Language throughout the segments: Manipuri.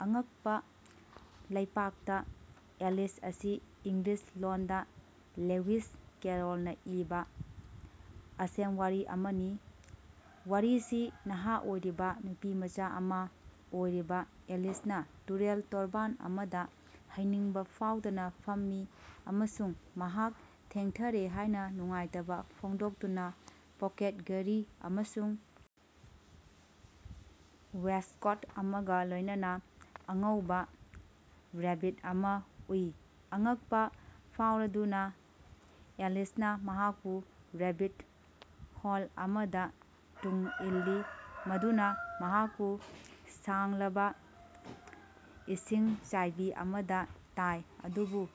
ꯑꯉꯛꯄ ꯂꯩꯄꯥꯛꯇ ꯑꯦꯂꯤꯁ ꯑꯁꯤ ꯏꯪꯂꯤꯁ ꯂꯣꯟꯗ ꯂꯦꯋꯤꯁ ꯀꯦꯔꯣꯜꯅ ꯏꯕ ꯑꯁꯦꯝꯋꯥꯔꯤ ꯑꯃꯅꯤ꯫ ꯋꯥꯔꯤꯁꯤ ꯅꯍꯥ ꯑꯣꯏꯔꯤꯕ ꯅꯨꯄꯤꯃꯆꯥ ꯑꯃ ꯑꯣꯏꯔꯤꯕ ꯑꯦꯂꯤꯁꯅ ꯇꯨꯔꯦꯜ ꯇꯣꯔꯕꯥꯟ ꯑꯃꯗ ꯍꯩꯅꯤꯡꯕ ꯐꯥꯎꯗꯅ ꯐꯝꯃꯤ ꯑꯃꯁꯨꯡ ꯃꯍꯥꯛ ꯊꯦꯡꯊꯔꯦ ꯍꯥꯏꯅ ꯅꯨꯡꯉꯥꯏꯇꯕ ꯐꯣꯡꯗꯣꯛꯇꯨꯅ ꯄꯣꯀꯦꯠ ꯘꯔꯤ ꯑꯃꯁꯨꯡ ꯋꯦꯁ꯭ꯠꯀꯣꯠ ꯑꯃꯒ ꯂꯣꯏꯅꯅ ꯑꯉꯧꯕ ꯔꯦꯕꯤꯠ ꯑꯃ ꯎꯏ꯫ ꯑꯉꯛꯄ ꯐꯥꯎꯔꯗꯨꯅ, ꯑꯦꯂꯤꯁꯅ ꯃꯍꯥꯛꯄꯨ ꯔꯦꯕꯤꯠ ꯍꯣꯜ ꯑꯃꯗ ꯇꯨꯡ ꯏꯜꯂꯤ꯫ ꯃꯗꯨꯅ ꯃꯍꯥꯛꯄꯨ ꯁꯥꯡꯂꯕ ꯏꯁꯤꯡꯆꯥꯏꯕꯤ ꯑꯃꯗ ꯇꯥꯏ ꯑꯗꯨꯕꯨ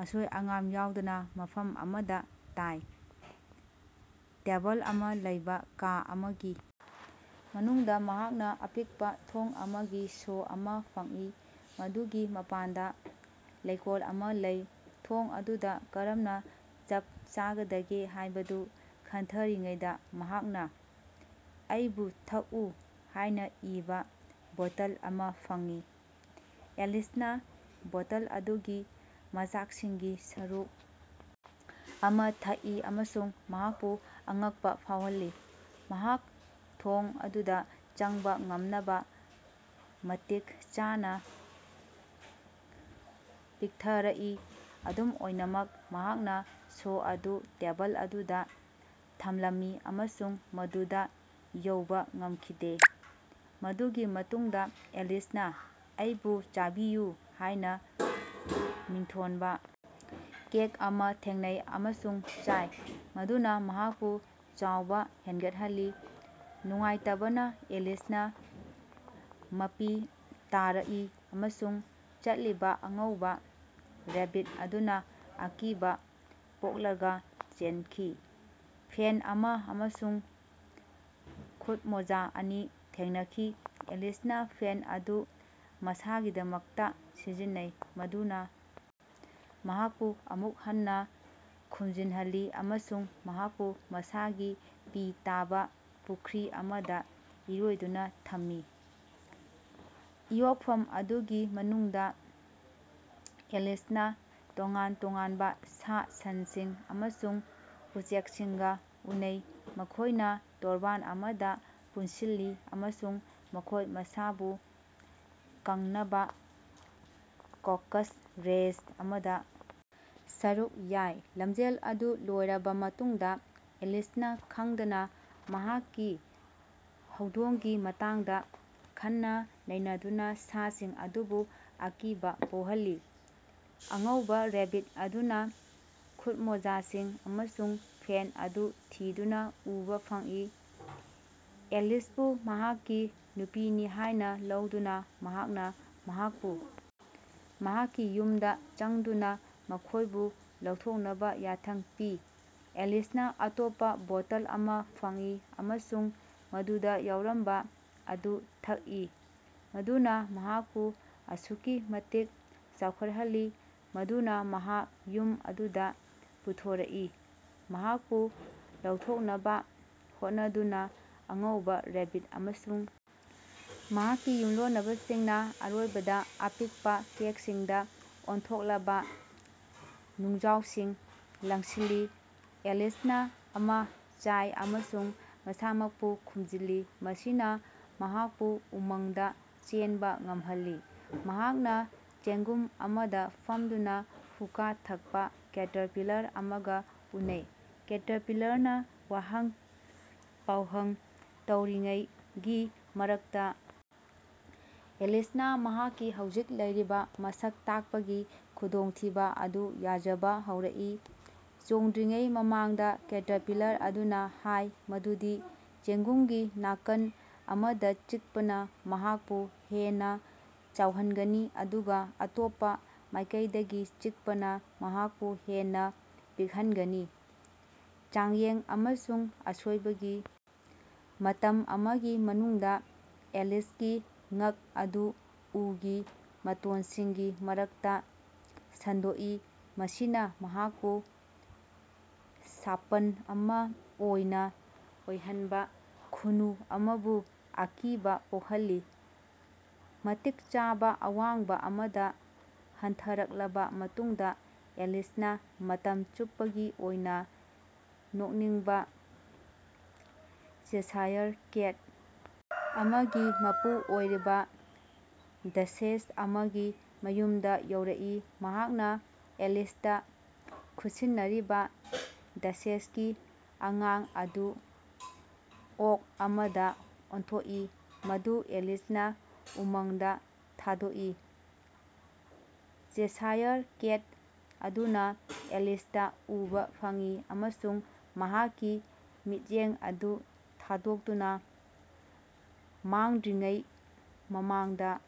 ꯑꯁꯣꯏ-ꯑꯉꯥꯝ ꯌꯥꯎꯗꯅ ꯃꯐꯝ ꯑꯃꯗ ꯇꯥꯏ꯫ ꯇꯦꯕꯜ ꯑꯃ ꯂꯩꯕ ꯀꯥ ꯑꯃꯒꯤ ꯃꯅꯨꯡꯗ ꯃꯍꯥꯛꯅ ꯑꯄꯤꯛꯄ ꯊꯣꯡ ꯑꯃꯒꯤ ꯁꯣ ꯑꯃ ꯐꯪꯏ, ꯃꯗꯨꯒꯤ ꯃꯄꯥꯟꯗ ꯂꯩꯀꯣꯜ ꯑꯃ ꯂꯩ꯫ ꯊꯣꯡ ꯑꯗꯨꯗ ꯀꯔꯝꯅ ꯆꯞ ꯆꯥꯒꯗꯒꯦ ꯍꯥꯏꯕꯗꯨ ꯈꯟꯊꯔꯤꯉꯩꯗ ꯃꯍꯥꯛꯅ "ꯑꯩꯕꯨ ꯊꯛꯎ" ꯍꯥꯏꯅ ꯏꯕ ꯕꯣꯇꯜ ꯑꯃ ꯐꯪꯉꯤ꯫ ꯑꯦꯂꯤꯁꯅ ꯕꯣꯇꯜ ꯑꯗꯨꯒꯤ ꯃꯆꯥꯛꯁꯤꯡꯒꯤ ꯁꯔꯨꯛ ꯑꯃ ꯊꯛꯏ ꯑꯃꯁꯨꯡ ꯃꯍꯥꯛꯄꯨ ꯑꯉꯛꯄ ꯐꯥꯎꯍꯜꯂꯤ ꯃꯍꯥꯛ ꯊꯣꯡ ꯑꯗꯨꯗ ꯆꯪꯕ ꯉꯝꯅꯕ ꯃꯇꯤꯛ ꯆꯥꯅ ꯄꯤꯛꯊꯔꯛꯏ꯫ ꯑꯗꯨꯝ ꯑꯣꯏꯅꯃꯛ, ꯃꯍꯥꯛꯅ ꯁꯣ ꯑꯗꯨ ꯇꯦꯕꯜ ꯑꯗꯨꯗ ꯊꯝꯂꯝꯃꯤ ꯑꯃꯁꯨꯡ ꯃꯗꯨꯗ ꯌꯧꯕ ꯉꯝꯈꯤꯗꯦ꯫ ꯃꯗꯨꯒꯤ ꯃꯇꯨꯡꯗ ꯑꯦꯂꯤꯁꯅ "ꯑꯩꯕꯨ ꯆꯥꯕꯤꯌꯨ" ꯍꯥꯏꯅ ꯃꯤꯡꯊꯣꯟꯕ ꯀꯦꯛ ꯑꯃ ꯊꯦꯡꯅꯩ ꯑꯃꯁꯨꯡ ꯆꯥꯏ, ꯃꯗꯨꯅ ꯃꯍꯥꯛꯄꯨ ꯆꯥꯎꯕ ꯍꯦꯟꯒꯠꯍꯜꯂꯤ꯫ ꯅꯨꯡꯉꯥꯏꯇꯕꯅ, ꯑꯦꯂꯤꯁꯅ ꯃꯄꯤ ꯇꯥꯔꯛꯏ ꯑꯃꯁꯨꯡ ꯆꯠꯂꯤꯕ ꯑꯉꯧꯕ ꯔꯦꯕꯤꯠ ꯑꯗꯨꯅ ꯑꯀꯤꯕ ꯄꯣꯛꯂꯒ ꯆꯦꯟꯈꯤ꯫ ꯐꯦꯟ ꯑꯃ ꯑꯃꯁꯨꯡ ꯈꯨꯠꯃꯣꯖꯥ ꯑꯅꯤ ꯊꯦꯡꯅꯈꯤ꯫ ꯑꯦꯂꯤꯁꯅ ꯐꯦꯟ ꯑꯗꯨ ꯃꯁꯥꯒꯤꯗꯃꯛꯇ ꯁꯤꯖꯤꯟꯅꯩ, ꯃꯗꯨꯅ ꯃꯍꯥꯛꯄꯨ ꯑꯃꯨꯛ ꯍꯟꯅ ꯈꯨꯝꯖꯤꯜꯍꯜꯂꯤ ꯑꯃꯁꯨꯡ ꯃꯍꯥꯛꯄꯨ ꯃꯁꯥꯒꯤ ꯄꯤ ꯇꯥꯕ ꯄꯨꯈ꯭ꯔꯤ ꯑꯃꯗ ꯏꯔꯣꯏꯗꯨꯅ ꯊꯝꯃꯤ꯫ ꯏꯌꯣꯛꯐꯝ ꯑꯗꯨꯒꯤ ꯃꯅꯨꯡꯗ, ꯑꯦꯂꯤꯁꯅ ꯇꯣꯉꯥꯟ-ꯇꯣꯉꯥꯟꯕ ꯁꯥ-ꯁꯟꯁꯤꯡ ꯑꯃꯁꯨꯡ ꯎꯆꯦꯛꯁꯤꯡꯒ ꯎꯅꯩ, ꯃꯈꯣꯏꯅ ꯇꯣꯔꯕꯥꯟ ꯑꯃꯗ ꯄꯨꯟꯁꯤꯜꯂꯤ ꯑꯃꯁꯨꯡ ꯃꯈꯣꯏ ꯃꯁꯥꯕꯨ ꯀꯪꯅꯕ "ꯀꯣꯀꯁ ꯔꯦꯁ" ꯑꯃꯗ ꯁꯔꯨꯛ ꯌꯥꯏ꯫ ꯂꯝꯖꯦꯜ ꯑꯗꯨ ꯂꯣꯏꯔꯕ ꯃꯇꯨꯡꯗ, ꯑꯦꯂꯤꯁꯅ ꯈꯪꯗꯅ ꯃꯍꯥꯛꯀꯤ ꯍꯧꯗꯣꯡꯒꯤ ꯃꯇꯥꯡꯗ ꯈꯟꯅ-ꯅꯩꯅꯗꯨꯅ ꯁꯥꯁꯤꯡ ꯑꯗꯨꯕꯨ ꯑꯀꯤꯕ ꯄꯣꯛꯍꯜꯂꯤ꯫ ꯑꯉꯧꯕ ꯔꯦꯕꯤꯠ ꯑꯗꯨꯅ ꯈꯨꯠꯃꯣꯖꯥꯁꯤꯡ ꯑꯃꯁꯨꯡ ꯐꯦꯟ ꯑꯗꯨ ꯊꯤꯗꯨꯅ ꯎꯕ ꯐꯪꯏ꯫ ꯑꯦꯂꯤꯁꯄꯨ ꯃꯍꯥꯛꯀꯤ ꯅꯨꯄꯤꯅꯤ ꯍꯥꯏꯅ ꯂꯧꯗꯨꯅ, ꯃꯍꯥꯛꯅ ꯃꯍꯥꯛꯄꯨ ꯃꯍꯥꯛꯀꯤ ꯌꯨꯝꯗ ꯆꯪꯗꯨꯅ ꯃꯈꯣꯏꯕꯨ ꯂꯧꯊꯣꯛꯅꯕ ꯌꯥꯊꯪ ꯄꯤ꯫ ꯑꯦꯂꯤꯁꯅ ꯑꯇꯣꯞꯄ ꯕꯣꯇꯜ ꯑꯃ ꯐꯪꯏ ꯑꯃꯁꯨꯡ ꯃꯗꯨꯗ ꯌꯥꯎꯔꯝꯕ ꯑꯗꯨ ꯊꯛꯏ, ꯃꯗꯨꯅ ꯃꯍꯥꯛꯄꯨ ꯑꯁꯨꯛꯀꯤ ꯃꯇꯤꯛ ꯆꯥꯎꯈꯠꯍꯜꯂꯤ ꯃꯗꯨꯅ ꯃꯍꯥꯛ ꯌꯨꯝ ꯑꯗꯨꯗ ꯄꯨꯊꯣꯔꯛꯏ꯫ ꯃꯍꯥꯛꯄꯨ ꯂꯧꯊꯣꯛꯅꯕ ꯍꯣꯠꯅꯗꯨꯅꯗ ꯑꯉꯧꯕ ꯔꯦꯕꯤꯠ ꯑꯃꯁꯨꯡ ꯃꯍꯥꯛꯀꯤ ꯌꯨꯝꯂꯣꯟꯅꯕꯁꯤꯡꯅ ꯑꯔꯣꯏꯕꯗ ꯑꯄꯤꯛꯄ ꯀꯦꯛꯁꯤꯡꯗ ꯑꯣꯟꯊꯣꯛꯂꯕ ꯅꯨꯡꯖꯥꯎꯁꯤꯡ ꯂꯪꯁꯤꯜꯂꯤ꯫ ꯑꯦꯂꯤꯁꯅ ꯑꯃ ꯆꯥꯏ ꯑꯃꯁꯨꯡ ꯃꯁꯥꯃꯛꯄꯨ ꯈꯨꯝꯖꯤꯜꯂꯤ, ꯃꯁꯤꯅ ꯃꯍꯥꯛꯄꯨ ꯎꯃꯪꯗ ꯆꯦꯟꯕ ꯉꯝꯍꯜꯂꯤ꯫ ꯃꯍꯥꯛꯅ ꯆꯦꯡꯒꯨꯝ ꯑꯃꯗ ꯐꯝꯗꯨꯅ ꯍꯨꯀꯥ ꯊꯛꯄ ꯀꯦꯇꯔꯄꯤꯂꯔ ꯑꯃꯒ ꯎꯅꯩ꯫ ꯀꯦꯇꯔꯄꯤꯂꯔꯅ ꯋꯥꯍꯪ ꯄꯥꯎꯍꯪ ꯇꯧꯔꯤꯉꯩꯒꯤ ꯃꯔꯛꯇ, ꯑꯦꯂꯤꯁꯅ ꯃꯍꯥꯛꯀꯤ ꯍꯧꯖꯤꯛ ꯂꯩꯔꯤꯕ ꯃꯁꯛ ꯇꯥꯛꯄꯒꯤ ꯈꯨꯗꯣꯡꯊꯤꯕ ꯑꯗꯨ ꯌꯥꯖꯕ ꯍꯧꯔꯛꯏ꯫ ꯆꯣꯡꯗ꯭ꯔꯤꯉꯩ ꯃꯃꯥꯡꯗ, ꯀꯦꯇꯔꯄꯤꯂꯔ ꯑꯗꯨꯅ ꯍꯥꯏ ꯃꯗꯨꯗꯤ ꯆꯦꯡꯒꯨꯝꯒꯤ ꯅꯥꯀꯟ ꯑꯃꯗ ꯆꯤꯛꯄꯅ ꯃꯍꯥꯛꯄꯨ ꯍꯦꯟꯅ ꯆꯥꯎꯍꯟꯒꯅꯤ ꯑꯗꯨꯒ ꯑꯇꯣꯞꯄ ꯃꯥꯏꯀꯩꯗꯒꯤ ꯆꯤꯛꯄꯅ ꯃꯍꯥꯛꯄꯨ ꯍꯦꯟꯅ ꯄꯤꯛꯍꯟꯒꯅꯤ꯫ ꯆꯥꯡꯌꯦꯡ ꯑꯃꯁꯨꯡ ꯑꯁꯣꯏꯕꯒꯤ ꯃꯇꯝ ꯑꯃꯒꯤ ꯃꯅꯨꯡꯗ, ꯑꯦꯂꯤꯁꯀꯤ ꯉꯛ ꯑꯗꯨ ꯎꯒꯤ ꯃꯇꯣꯟꯁꯤꯡꯒꯤ ꯃꯔꯛꯇ ꯁꯟꯗꯣꯛꯏ, ꯃꯁꯤꯅ ꯃꯍꯥꯛꯄꯨ ꯁꯥꯄꯟ ꯑꯃ ꯑꯣꯏꯅ ꯑꯣꯏꯍꯟꯕ ꯈꯨꯅꯨ ꯑꯃꯕꯨ ꯑꯀꯤꯕ ꯄꯣꯛꯍꯜꯂꯤ꯫ ꯃꯇꯤꯛ ꯆꯥꯕ ꯑꯋꯥꯡꯕ ꯑꯃꯗ ꯍꯟꯊꯔꯛꯂꯕ ꯃꯇꯨꯡꯗ, ꯑꯦꯂꯤꯁꯅ ꯃꯇꯝ ꯆꯨꯞꯄꯒꯤ ꯑꯣꯏꯅ ꯅꯣꯛꯅꯤꯡꯕ ꯆꯦꯁꯥꯌꯔ ꯀꯦꯠ ꯑꯃꯒꯤ ꯃꯄꯨ ꯑꯣꯏꯔꯤꯕ ꯗꯦꯁꯦꯁ ꯑꯃꯒꯤ ꯃꯌꯨꯝꯗ ꯌꯧꯔꯛꯏ꯫ ꯃꯍꯥꯛꯅ ꯑꯦꯂꯤꯁꯇ ꯈꯨꯠꯁꯤꯟꯅꯔꯤꯕ ꯗꯦꯁꯦꯁꯀꯤ ꯑꯉꯥꯡ ꯑꯗꯨ ꯑꯣꯛ ꯑꯃꯗ ꯑꯣꯟꯊꯣꯛꯏ, ꯃꯗꯨ ꯑꯦꯂꯤꯁꯅ ꯎꯃꯪꯗ ꯊꯥꯗꯣꯛꯏ꯫ ꯆꯦꯁꯥꯌꯔ ꯀꯦꯠ ꯑꯗꯨꯅ ꯑꯦꯂꯤꯁꯇ ꯎꯕ ꯐꯪꯏ ꯑꯃꯁꯨꯡ ꯃꯍꯥꯛꯀꯤ ꯃꯤꯠꯌꯦꯡ ꯑꯗꯨ ꯊꯥꯗꯣꯛꯇꯨꯅ ꯃꯥꯡꯗ꯭ꯔꯤꯉꯩ ꯃꯃꯥꯡꯗ